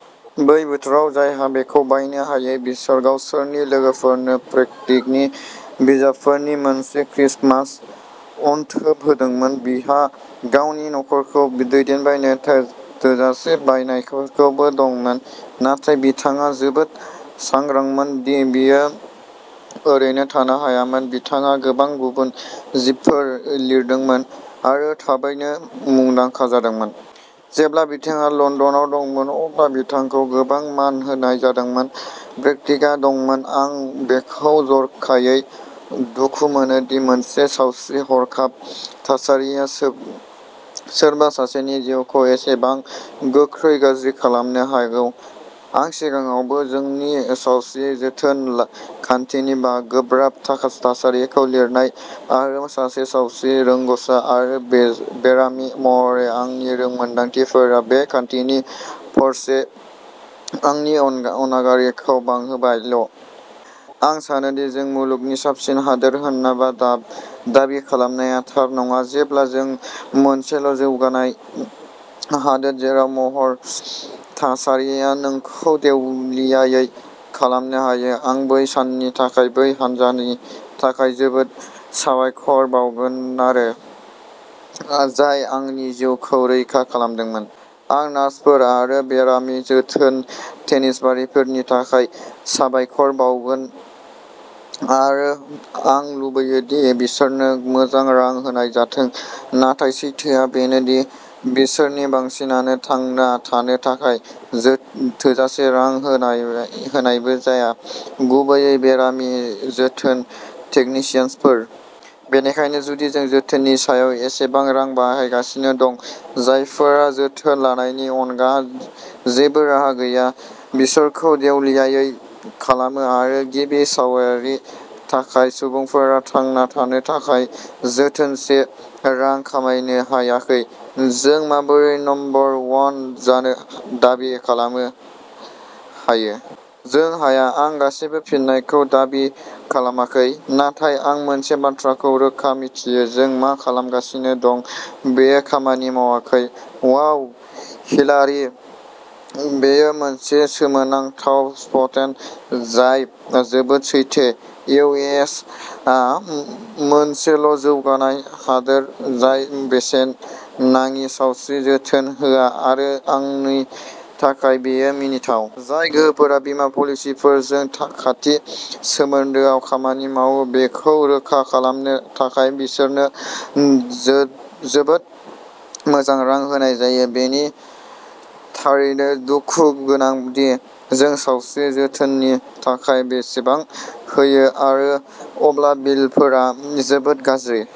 बै बोथोराव जायहा बेखौ बायनो हायो, बिसोर गावसोरनि लोगोफोरनो प्रेस्कटनि बिजाबफोरनि मोनसे क्रिसमास अनथोब होदोंमोन। बिथांहा गावनि खर'खौ फिदिंनो थाखाय थोजासे बाखनायनायफोर दंमोन, नाथाय बिथाङा जोबोद सांग्रांमोन दि बियो ओरैनो थानो हायामोन। बिथाङा गोबां गुबुन बिजाबफोर लिरदोंमोन आरो थाबैनो मुंदांखा जादोंमोन। जेब्ला बिथाङा लन्दनाव दंमोन, अब्ला बिथांखौ गोबां मान होनाय जादोंमोन। प्रेस्कटआ दंमोन। आं बेखौ जर'खायै दुखु मोनो दि मोनसे सावस्रि हरखाब थासारिया सोरबा सासेनि जिउखौ एसेबां गोख्रै गाज्रि खालामनो हागौ। आं सिगाङावबो जोंनि सावस्रि जोथोन खान्थिनि गोब्राब थासारिखौ लिरबाय, आरो सासे सावस्रि रोंग'सा आरो बेरामि महरै आंनि रोंमोनदांथिफोरा बे खान्थिनि फारसे आंनि अनागारिखौ बांहोबायल'। आं सानो दि जों मुलुगनि साबसिन हादोर होनना दाबि खालामनाया थार नङा, जेब्ला जों मोनसेल'जौगानाय हादोर जेराव हरखाब थासारिया नोंखौ देउलियायै खालामनो हायो। आं बै साननि थाखाय बै हानजानि थाखाय जोबोद साबायखर बावगारो जाय आंनि जिउखौ रैखा खालामदोंमोन। आं नार्सफोर आरो बेरामि जोथोन टेकनिशियानफोरनि थाखाय साबायखर बावगारो आरो आं लुबैयो दि बिसोरनो मोजां रां होनाय जाथों, नाथाय सैथोआ बेनो दि बिसोरनि बांसिनानो थांना थानो थाखाय थोजासे रां होनायबो जाया। गुबैयै बेरामि जोथोन टेकनिशियानफोर। बेनिखायनो, जुदि जों जोथोननि सायाव एसेबां रां बाहायगासिनो दं, जायफोरा जोथोन लानायनि अनगा जेबो राहा गैया बिसोरखौ देउलियायै खालामो आरो गिबि सारियाव थानाय सुबुंफोरा थांना थानो थाखाय थोजासे रां खामायनो हायाखै, जों माबोरै नम्बर वन जानो दाबि खालामनो हायो? जों हाया। आं गासिबो फिननायखौ दाबि खालामाखै, नाथाय आं मोनसे बाथ्राखौ रोखा मिथियोः जों मा खालामगासिनो दं बेयो खामानि मावाखै। वाव हिलारि, बेयो मोनसे सोमोनांथाव पस्टमोन जाय जोबोद सैथो! इउ. एस. आ मोनसेल'जौगानाय हादोर जाय बेसेन नाङि सावस्रि जोथोन होआ आरो आंनि थाखाय बेयो मिनिथाव! जाय गोहोफोरा बीमा कम्पानिफोरजों खाथि सोमोन्दोआव खामानि मावो बेखौ रोखा खालामनो थाखाय बिसोरनो जोबोद मोजां रां होनाय जायो! बेयो थारैनो दुखु गोनां दि जों सावस्रि जोथोननि थाखाय बेसेबां होयो आरो अब्ला बिलफोरा जोबोद गाज्रि!